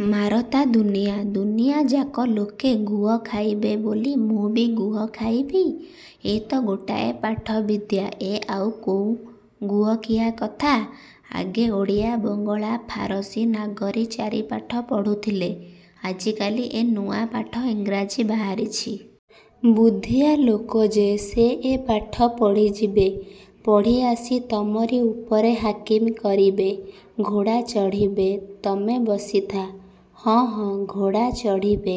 '' ''ମାରତା ଦୁନିଆ। ଦୁନିଆଯାକ ଲୋକେ ଗୁହ ଖାଇବେ ବୋଲି ମୁଁ ବି ଗୁହ ଖାଇବି। '' ''ଏ ତ ଗୋଟାଏ ପାଠ-ବିଦ୍ୟା। ଏ ଆଉ କୋଉଁ ଗୁହ ଖିଆ କଥା? ଆଗେ ଓଡ଼ିଆ, ବଙ୍ଗଳା, ଫାରସୀ, ନାଗରୀ ଚାରିପାଠ ପଢ଼ୁଥିଲେ, ଆଜିକାଲି ଏ ନୂଆ ପାଠ ଇଂରାଜୀ ବାହାରିଛି। ବୁଦ୍ଧିଆ ଲୋକ ଯେ, ସେ ଏ ପାଠ ପଢ଼ିଯିବେ। ପଢ଼ି ଆସି ତମରି ଉପରେ ହାକିମି କରିବେ, ଘୋଡ଼ା ଚଢ଼ିବେ, ତମେ ବସିଥା। '' ହଁ, ହଁ, ଘୋଡ଼ା ଚଢ଼ିବେ।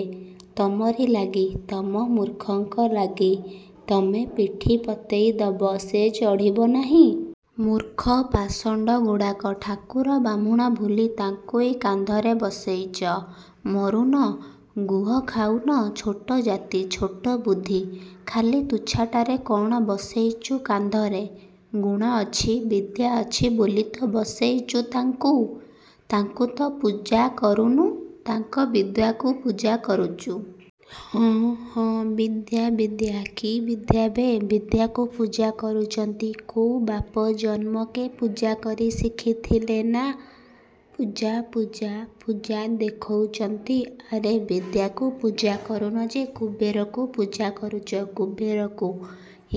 ତମରି ଲାଗି। ତମ ମୂର୍ଖଙ୍କ ଲାଗି। ତମେ ପିଠି ପତେଇ ଦବ–ସେ ଚଢ଼ିବ ନାହିଁ? ମୂର୍ଖ, ପାଷଣ୍ତଗୁଡ଼ାକ, ଠାକୁର ବାହ୍ମୁଣ ଭୁଲି ତାଙ୍କୁଇ କାନ୍ଧରେ ବସେଇଚ-। ମରୁନ? ଗୁହ ଖାଉନ? ଛୋଟ ଜାତି–ଛୋଟ ବୁଦ୍ଧି। '' ''ଖାଲି ତୁଚ୍ଛାଟାରେ କ'ଣ ବସେଇଚୁ କାନ୍ଧରେ? ଗୁଣ ଅଛି, ବିଦ୍ୟା ଅଛି ବୋଲି ତ ବସେଇଚୁ ତାଙ୍କୁ। ତାଙ୍କୁ ତ ପୂଜା କରୁନୁ–ତାଙ୍କ ବିଦ୍ୟାକୁ ପୂଜା କରୁଚୁ। '' ହଁ, ହଁ, ବିଦ୍ୟା–ବିଦ୍ୟା–କି ବିଦ୍ୟାବେ। ବିଦ୍ୟାକୁ ପୂଜା କରୁଚନ୍ତି। କୋଉ ବାପ ଜନ୍ମକେ ପୂଜା କରି ଶିଖିଥିଲେ ନା ପୂଜା–ପୂଜା–ପୂଜା ଦେଖଉଚନ୍ତି। ଆରେ ବିଦ୍ୟାକୁ ପୂଜା କରୁନ ଯେ–କୁବେରକୁ ପୂଜା କରୁଚ–କୁବେରକୁ।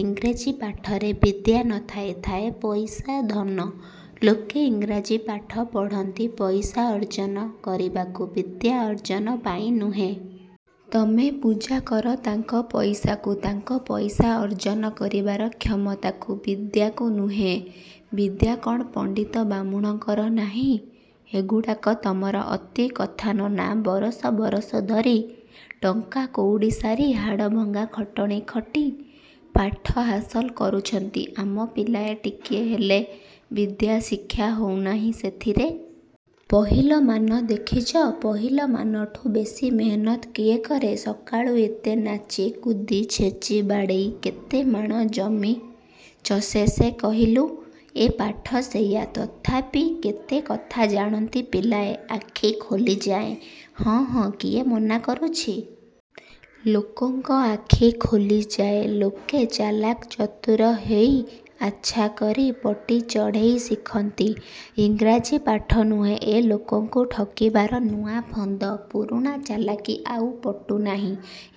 ଇଂରେଜୀ ପାଠରେ ବିଦ୍ୟା ନ ଥାଏ, ଥାଏ ପଇସା, ଧନ। ଲୋକେ ଇଂରାଜୀ ପାଠ ପଢ଼ନ୍ତି ପଇସା ଅର୍ଜନ କରିବାକୁ–ବିଦ୍ୟା ଅର୍ଜନପାଇଁ ନୁହେଁ। ତମେ ପୂଜା କର ତାଙ୍କ ପଇସାକୁ–ତାଙ୍କ ପଇସା ଅର୍ଜନ କରିବାର କ୍ଷମତାକୁ–ବିଦ୍ୟାକୁ ନୁହେଁ। ବିଦ୍ୟା କ'ଣ ପଣ୍ତିତ ବାହ୍ମୁଣଙ୍କର ନାହିଁ? '' ''ଏଗୁଡ଼ାକ ତମର ଅତି କଥା ନନା–ବରଷ ବରଷ ଧରି ଟଙ୍କା କଉଡ଼ି ସାରି ହାଡ଼ଭଙ୍ଗା ଖଟଣି ଖଟି ପାଠ ହାସଲ କରୁଛନ୍ତି ଆମ ପିଲାଏ–ଟିକିଏ ହେଲେ ବିଦ୍ୟା ଶିକ୍ଷା ହଉନାହିଁ ସେଥିରେ-? '' ''ପହିଲମାନ ଦେଖିଛ? ପହିଲମାନଠୁ ବେଶି ମେହନତ୍ କିଏ କରେ? ସକାଳୁ ଏତେ ନାଚି କୁଦି, ଛେଚି ବାଡ଼େଇ କେତେ ମାଣ ଜମି ଚଷେ ସେ କହିଲୁ? ଏ ପାଠ ସେଇୟା। '' ''ତଥାପି କେତେ କଥା ଜାଣନ୍ତି ପିଲାଏ–ଆଖି ଖୋଲି ଯାଏଁ। '' ''ହଁ, ହଁ, କିଏ ମନା କରୁଛି। ଲୋକଙ୍କ ଆଖି ଖୋଲି ଯାଏଁ। ଲୋକେ ଚାଲାକ ଚତୁର ହେଇ ଆଚ୍ଛା କରି ପଟି ଚଢ଼େଇ ଶିଖନ୍ତି। ଇଂରାଜୀ ପାଠ ନୁହେଁ ଏ ଲୋକଙ୍କୁ ଠକିବାର ନୂଆ ଫନ୍ଦ-। ପୁରୁଣା ଚାଲାକି ଆଉ ପଟୁ ନାହିଁ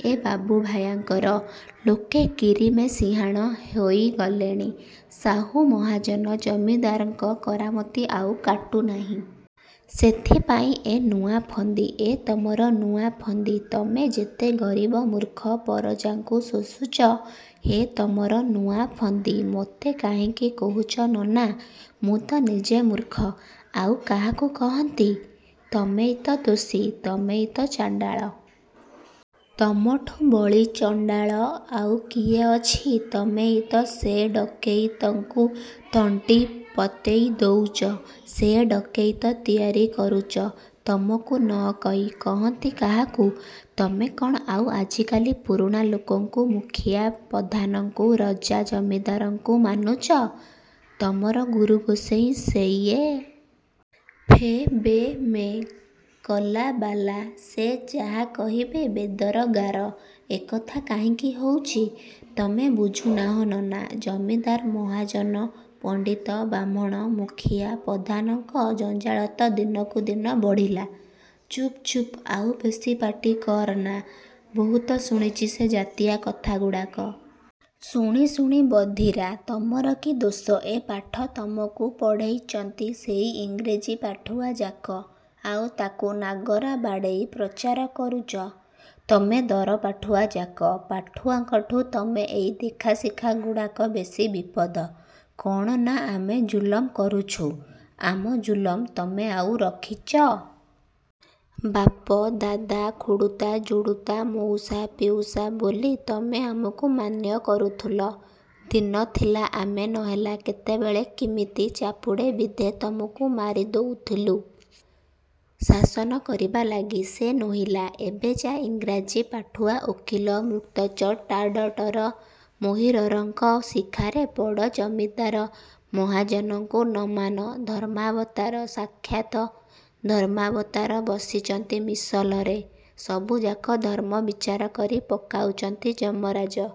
ଏ ବାବୁଭାୟାଙ୍କର। ଲୋକେ କିରିମେ ସିହାଣ ହୋଇଗଲେଣି-। ସାହୁ ମହାଜନ ଜମିଦାରଙ୍କ କରାମତି ଆଉ କାଟୁ ନାହିଁ। ସେଥିପାଇଁ ଏ ନୂଆ ଫନ୍ଦି। ଏ ତମର ନୂଆ ଫନ୍ଦି–ତମେ ଯେତେ ଗରିବ ମୂର୍ଖ ପରଜାଙ୍କୁ ଶୋଷୁଚ, ଏ ତମର ନୂଆ ଫନ୍ଦି। '' ''ମୋତେ କାହିଁକି କହୁଚ ନନା–ମୁଁ ତ ନିଜେ ମୂର୍ଖ। '' ''ଆଉ କାହାକୁ କହନ୍ତି? ତମେଇ ତ ଦୋଷୀ। ତମେଇ ତ ଚଣ୍ତାଳ। ତମଠୁ ବଳି ଚଣ୍ତାଳ ଆଉ କିଏ ଅଛି? ତମେଇ ତ ସେ ଡକେଇତଙ୍କୁ ତଣ୍ଟି ପତେଇ ଦଉଚ–ସେ ଡକେଇତ ତିଆରି କରୁଚ–ତମକୁ ନ କହି। କହନ୍ତି କାହାକୁ? ତମେ କ'ଣ ଆଉ ଆଜିକାଲି ପୁରୁଣା ଲୋକଙ୍କୁ, ମୁଖିଆ ପଧାନଙ୍କୁ, ରଜା ଜମିଦାରଙ୍କୁ ମାନୁଚ? ତମର ଗୁରୁଗୋସେଇଁ ସେଇ ଏ. ଫେ. ବେ. ମେ କଲାବାଲା। ସେ ଯାହା କହିବେ ବେଦର ଗାର। ''ଏ କଥା କାହିଁକି ହଉଚି, ତମେ ବୁଝୁନାହଁ ନନା। ଜମିଦାର, ମହାଜନ, ପଣ୍ତିତ, ବାହ୍ମଣ, ମୁଖିଆ ପଧାନଙ୍କ ଜଞ୍ଜାଳ ତ ଦିନକୁଦିନ ବଢ଼ିଲା–'' ''ଚୁପ୍ ଚୁପ୍–ଆଉ ବେଶି ପାଟି କରନା। ବହୁତ ଶୁଣିଚି ସେ ଜାତିଆ କଥାଗୁଡ଼ାକ। ଶୁଣି ଶୁଣି ବଧିରା। ତମର କି ଦୋଷ। ଏ ପାଠ ତମକୁ ପଢ଼େଇଚନ୍ତି ସେଇ ଇଂରେଜୀ ପାଠୁଆଯାକ। ଆଉ ତାକୁ ନାଗରା ବାଡ଼େଇ ପ୍ରଚାର କରୁଚ ତମେ ଦରପାଠୁଆଯାକ। ପାଠୁଆଙ୍କଠୁ ତମେ ଏଇ ଦେଖାଶିଖାଗୁଡ଼ାକ ବେଶି ବିପଦ। କ'ଣ ନା–ଆମେ ଜୁଲମ କରୁଛୁ? ଆମ ଜୁଲମ ତମେ ଆଉ ରଖିଚ? ବାପ ଦାଦା, ଖୁଡ଼ୁତା ଜୁଡ଼ୁତା, ମଉସା ପିଉସା ବୋଲି ତମେ ଆମକୁ ମାନ୍ୟ କରୁଥିଲ–ଦିନ ଥିଲା–ଆମେ ନହେଲା କେତେବେଳେ କିମିତି ଚାପୁଡ଼େ ବିଧେ ତମକୁ ମାରି ଦଉଥିଲୁ–ଶାସନ କରିବା ଲାଗି। ସେ ନୋହିଲା। ଏବେ ଯା, ଇଂରାଜୀ ପାଠୁଆ ଓକିଲ, ମୃକ୍ତଚ, ଟାଡ଼ଟର, ମୋହରିରଙ୍କ ଶିଖାରେ ପଡ଼–ଜମିଦାର ମହାଜନଙ୍କୁ ନ ମାନ–ଧର୍ମାବତାର, ସାକ୍ଷାତ ଧର୍ମାବତାର ବସିଚନ୍ତି ମିସଲରେ–ସବୁଯାକ ଧର୍ମ ବିଚାର କରି ପକାଉଚନ୍ତି ଯମରାଜ।